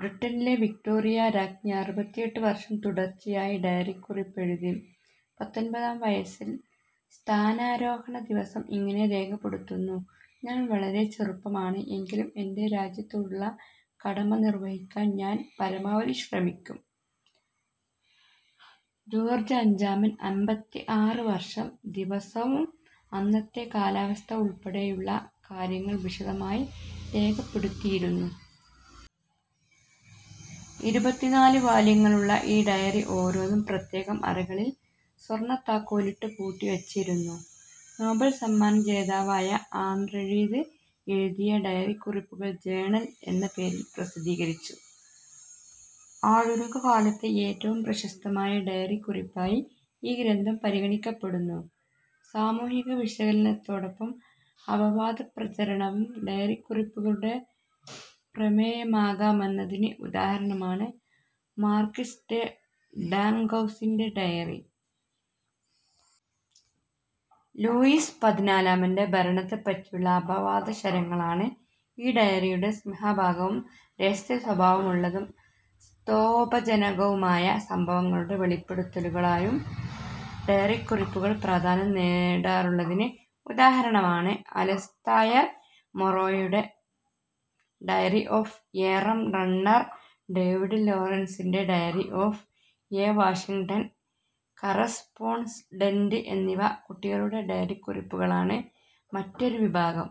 ബ്രിട്ടനിലെ വിക്ടോറിയാ രാജ്ഞി അറുപത്തിഎട്ട് വർഷം തുടർച്ചയായി ഡയറിക്കുറിപ്പെഴുതി. പത്തൊൻപതാം വയസ്സിൽ സ്ഥാനാരോഹണ ദിവസം ഇങ്ങനെ രേഖപ്പെടുത്തുന്നു. ഞാൻ വളരെ ചെറുപ്പമാണ്. എങ്കിലും എന്റെ രാജ്യത്തോടുള്ള കടമ നിർവഹിക്കാൻ ഞാൻ പരമാവധി ശ്രമിക്കും. ജോർജ് അഞ്ചാമൻ അമ്പത്തിആറ് വർഷം ദിവസവും അന്നത്തെ കാലാവസ്ഥ ഉൾപ്പെടെയുള്ള കാര്യങ്ങൾ വിശദമായി രേഖപ്പെടുത്തിയിരുന്നു. ഇരുപത്തിനാല് വാല്യങ്ങളുള്ള ഈ ഡയറി ഓരോന്നും പ്രത്യേകം അറകളിൽ സ്വർണത്താക്കോലിട്ടു പൂട്ടി വച്ചിരുന്നു. നോബൽ സമ്മാന ജേതാവായ ആന്ദ്രേഴീദ് എഴുതിയ ഡയറിക്കുറിപ്പുകൾ ജേണൽ എന്ന പേരിൽ പ്രസിദ്ധീകരിച്ചു. ആധുനിക കാലത്തെ ഏറ്റവും പ്രശസ്തമായ ഡയറിക്കുറിപ്പായി ഈ ഗ്രന്ഥം പരിഗണിക്കപ്പെടുന്നു. സാമൂഹിക വിശകലനത്തോടൊപ്പം അപവാദ പ്രചാരണവും ഡയറിക്കുറിപ്പുകളുടെ പ്രമേയമാകാമെന്നതിന് ഉദാഹരണമാണ് മാർക്വിസ് ഡെ ഡാങ് ഗൗസിന്റെ ഡയറി. ലൂയിസ് പതിനാലാമന്റെ ഭരണത്തെപ്പറ്റിയുള്ള അപവാദശരങ്ങളാണ് ഈ ഡയറിയുടെ സിംഹഭാഗവും. രഹസ്യസ്വഭാവമുള്ളതും സ്തോഭജനകവുമായ സംഭവങ്ങളുടെ വെളിപ്പെടുത്തലുകളായും ഡയറിക്കുറിപ്പുകൾ പ്രാധാന്യം നേടാറുള്ളതിന് ഉദാഹരണമാണ് അലസ്തായർ മോറെയുടെ diary of a rum runner, David ലോറൻസിന്റെ diary of a Washington correspondent എന്നിവ. കുട്ടികളുടെ ഡയറിക്കുറിപ്പുകളാണ് മറ്റൊരു വിഭാഗം.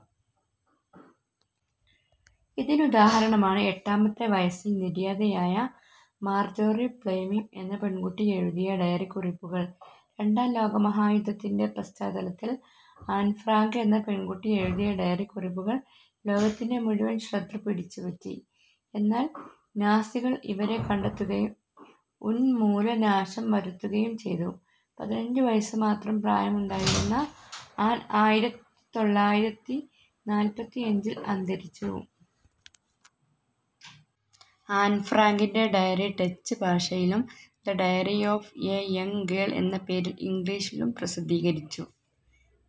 ഇതിനുദാഹരണമാണ് എട്ടാമത്തെ വയസ്സിൽ നിര്യാതയായ മാർജോറി പ്ലെമിങ് എന്ന പെൺകുട്ടി എഴുതിയ ഡയറിക്കുറിപ്പുകൾ. രണ്ടാം ലോകമഹായുദ്ധത്തിന്റെ പശ്ചാത്തലത്തിൽ ആൻഫ്രാങ്ക് എന്ന പെൺകുട്ടി എഴുതിയ ഡയറിക്കുറിപ്പുകൾ ലോകത്തിന്റെ മുഴുവൻ ശ്രദ്ധ പിടിച്ചുപറ്റി. എന്നാൽ നാസികൾ ഇവരെ കണ്ടെത്തുകയും ഉൻമൂല നാശം വരുത്തുകയും ചെയ്തു. പതിനഞ്ചു വയസ്സു മാത്രം പ്രായമുണ്ടായിരുന്ന ആൻ ആയിരത്തിതൊള്ളായിരത്തിനാല്പത്തിയഞ്ചിൽ അന്തരിച്ചു. ആൻ ഫ്രാങ്കിന്റെ ഡയറി ഡച്ച് ഭാഷയിലും the diary of a young girl എന്ന പേരിൽ ഇംഗ്ലീഷിലും പ്രസിദ്ധീകരിച്ചു.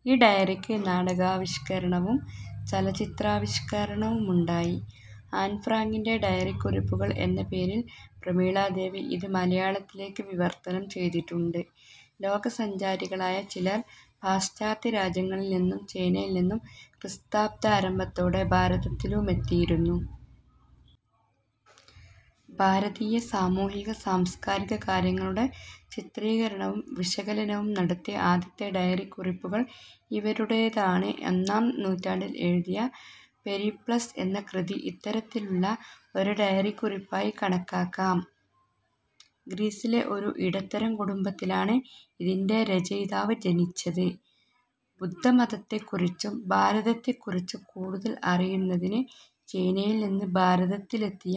ഈ ഡയറിക്ക് നാടകാവിഷ്കരണവും ചലച്ചിത്രാവിഷ്കരണവുമുണ്ടായി. ആൻ ഫ്രാങ്കിന്റെ ഡയറിക്കുറിപ്പുകൾ എന്ന പേരിൽ പ്രമീളാദേവി ഇത് മലയാളത്തിലേക്കു വിവർത്തനം ചെയ്തിട്ടുണ്ട്. ലോകസഞ്ചാരികളായ ചിലർ പാശ്ചാത്യ രാജ്യങ്ങളിൽ നിന്നും ചൈനയിൽ നിന്നും ക്രിസ്ത്വബ്ദാരംഭത്തോടെ ഭാരതത്തിലു മെത്തിയിരുന്നു. ഭാരതീയ സാമൂഹിക സാംസ്കാരിക കാര്യങ്ങളുടെ ചിത്രീകരണവും വിശകലനവും നടത്തിയ ആദ്യത്തെ ഡയറിക്കുറിപ്പുകൾ ഇവരുടേതാണ്. ഒന്നാം നൂറ്റാണ്ടിൽ എഴുതിയ പെരിപ്ലസ് എന്ന കൃതി ഇത്തരത്തിലുള്ള ഒരു ഡയറിക്കുറിപ്പായി കണക്കാക്കാം. ഗ്രീസിലെ ഒരു ഇടത്തരം കുടുംബത്തിലാണ് ഇതിന്റെ രചയിതാവ് ജനിച്ചത്. ബുദ്ധമതത്തെക്കുറിച്ചും ഭാരതത്തെക്കുറിച്ചും കൂടുതൽ അറിയുന്നതിന് ചൈനയിൽ നിന്ന് ഭാരതത്തിലെത്തിയ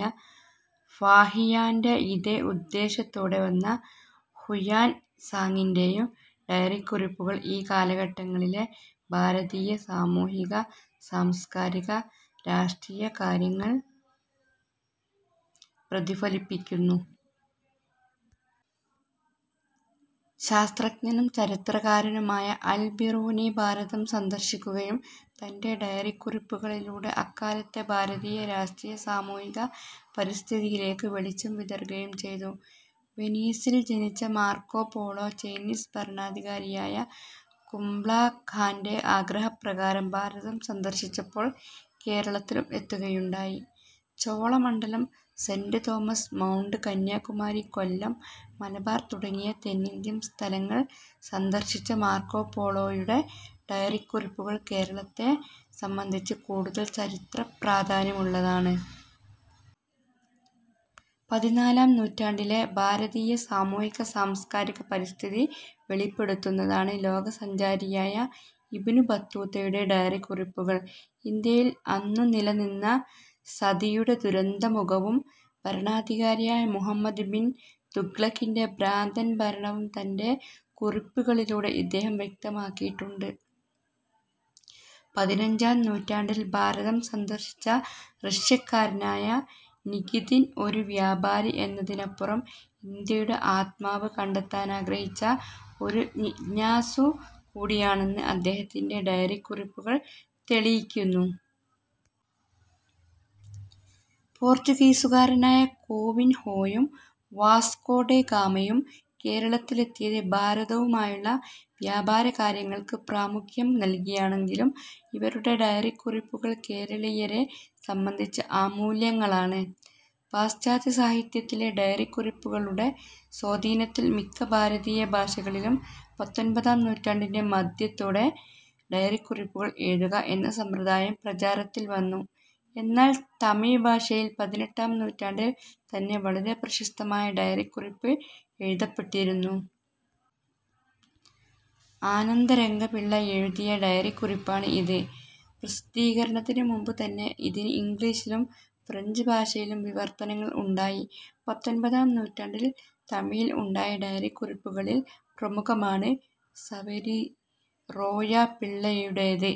ഫാഹിയാന്റെ ഇതേ ഉദ്ദേശ്യത്തോടെ വന്ന ഹുയാൻ സാങിന്റെയും ഡയറിക്കുറിപ്പുകൾ ഈ കാലഘട്ടങ്ങളിലെ ഭാരതീയ സാമൂഹിക, സാംസ്കാരിക, രാഷ്ട്രീയ കാര്യങ്ങൾ പ്രതിഫലിപ്പിക്കുന്നു. ശാസ്ത്രജ്ഞനും ചരിത്രകാരനുമായ അൽബിറൂനി ഭാരതം സന്ദർശിക്കുകയും തന്റെ ഡയറിക്കുറിപ്പുകളിലൂടെ അക്കാലത്തെ ഭാരതീയ രാഷ്ട്രീയ സമൂഹിക പരിസ്ഥിതിയിലേക്കു വെളിച്ചം വിതറുകയും ചെയ്തു. വെനീസിൽ ജനിച്ച മാർക്കോപോളോ ചൈനീസ് ഭരണാധികാരിയായ കുബ്ലാഖാന്റെ ആഗ്രഹപ്രകാരം ഭാരതം സന്ദർശിച്ചപ്പോൾ കേരളത്തിലും എത്തുകയുണ്ടായി. Cholamandalam, Saint Thomas Mount, Kanyakumari, Kollam, Malabar തുടങ്ങിയ തെന്നിന്ത്യൻ സ്ഥലങ്ങൾ സന്ദർശിച്ച മാർക്കോപോളോയുടെ ഡയറിക്കുറിപ്പുകൾ കേരളത്തെ സംബന്ധിച്ച് കൂടുതൽ ചരിത്ര പ്രാധാന്യമുള്ളതാണ്. പതിനാലാം നൂറ്റണ്ടിലെ ഭാരതീയ സാമൂഹിക, സാംസ്കാരിക, പരിസ്ഥിതി വെളിപ്പെടുത്തുന്നതാണ് ലോകസഞ്ചാരിയായ ഇബ്നു ബത്തൂത്തയുടെ ഡയറിക്കുറിപ്പുകൾ. ഇന്ത്യയിൽ അന്നു നിലനിന്ന സതിയുടെ ദുരന്തമുഖവും ഭരണാധികാരിയായ മുഹമ്മദ് ബിൻ തുഗ്ലക്കിന്റെ ഭ്രാന്തൻ ഭരണവും തന്റെ കുറിപ്പുകളിലൂടെ ഇദ്ദേഹം വ്യക്തമാക്കിയിട്ടുണ്ട്. പതിനഞ്ചാം നൂറ്റാണ്ടിൽ ഭാരതം സന്ദർശിച്ച റഷ്യക്കാരനായ നികീതിൻ ഒരു വ്യാപാരി എന്നതിനപ്പുറം ഇന്ത്യയുടെ ആത്മാവ് കണ്ടെത്താനാഗ്രഹിച്ച ഒരു ജിജ്ഞാസു കൂടിയാണെന്ന് അദ്ദേഹത്തിന്റെ ഡയറിക്കുറിപ്പുകൾ തെളിയിക്കുന്നു. പോർച്ചുഗീസുകാരനായ കോവിൻഹോയും വാസ്കോ ദെ ഗാമയും കേരളത്തിലെത്തിയത് ഭാരതവുമായുള്ള വ്യാപാരകാര്യങ്ങൾക്കു പ്രാമുഖ്യം നൽകിയാണെങ്കിലും ഇവരുടെ ഡയറിക്കുറിപ്പുകൾ കേരളീയരെ സംബന്ധിച്ച് അമൂല്യങ്ങളാണ്. പാശ്ചാത്യ സാഹിത്യത്തിലെ ഡയറിക്കുറിപ്പുകളുടെ സ്വാധീനത്തിൽ മിക്ക ഭാരതീയ ഭാഷകളിലും പത്തൊൻപതാം നൂറ്റണ്ടിന്റെ മധ്യത്തോടെ ഡയറിക്കുറിപ്പുകൾ എഴുതുക എന്ന സമ്പ്രദായം പ്രചാരത്തിൽവന്നു. എന്നാൽ തമിഴ് ഭാഷയിൽ പതിനെട്ടാം നൂറ്റാണ്ടിൽ തന്നെ വളരെ പ്രശസ്തമായ ഡയറിക്കുറിപ്പ് എഴുതപ്പെട്ടിരുന്നു. ആനന്ദരംഗംപിള്ള എഴുതിയ ഡയറിക്കുറിപ്പാണ് ഇത്. പ്രസിദ്ധീകരണത്തിനു മുൻപു തന്നെ ഇതിന് ഇംഗ്ലീഷിലും ഫ്രഞ്ച് ഭാഷയിലും വിവർത്തനങ്ങൾ ഉണ്ടായി. പത്തൊൻപതാം നൂറ്റാണ്ടിൽ തമിഴിൽ ഉണ്ടായ ഡയറിക്കുറിപ്പുകളിൽ പ്രമുഖമാണ് സവരിറോയപിള്ളൈയുടേത്.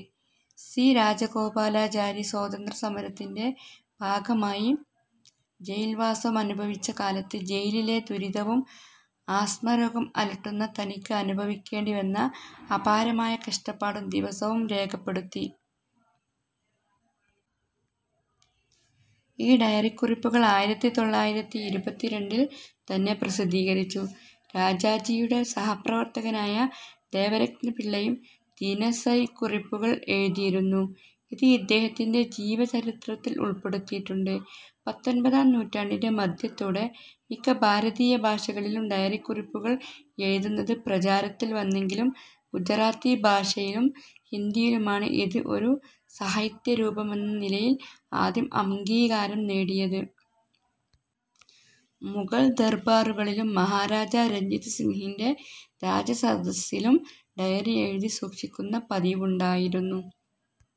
സി. രാജഗോപാലാചാരി സ്വാതന്ത്ര്യ സമരത്തിന്റെ ഭാഗമായി ജയിൽവാസമനുഭവിച്ച കാലത്ത് ജയിലിലെ ദുരിതവും ആസ്മാരോഗം അലട്ടുന്ന തനിക്ക് അനുഭവിക്കേണ്ടിവന്ന അപാരമായ കഷ്ടപ്പാടും ദിവസവും രേഖപ്പെടുത്തി. ഈ ഡയറിക്കുറിപ്പുകൾ ആയിരത്തിതൊള്ളായിരത്തിഇരുപത്തിരണ്ടിൽ തന്നെ പ്രസിദ്ധീകരിച്ചു. രാജാജിയുടെ സഹപ്രവർത്തകനായ വേദരത്നംപിള്ളയും ദിനസരിക്കുറിപ്പുകൾ എഴുതിയിരുന്നു. ഇത് ഇദ്ദേഹത്തിന്റെ ജീവചരിത്രത്തിൽ ഉൾപ്പെടുത്തിയിട്ടുണ്ട്. പത്തൊൻപതാം നൂറ്റാണ്ടിന്റെ മധ്യത്തോടെ മിക്ക ഭാരതീയ ഭാഷകളിലും ഡയറിക്കുറിപ്പുകൾ എഴുതുന്നത് പ്രചാരത്തിൽ വന്നെങ്കിലും ഗുജറാത്തി ഭാഷയിലും ഹിന്ദിയിലുമാണ് ഇത് ഒരു സാഹിത്യരൂപമെന്ന നിലയിൽ ആദ്യം അംഗീകാരം നേടിയത്. മുഗൾ ദർബാറുകളിലും മഹാരാജാ രഞ്ജിത് സിംഹിന്റെ രാജസദസ്സിലും ഡയറി എഴുതി സൂക്ഷിക്കുന്ന പതിവുണ്ടായിരുന്നു.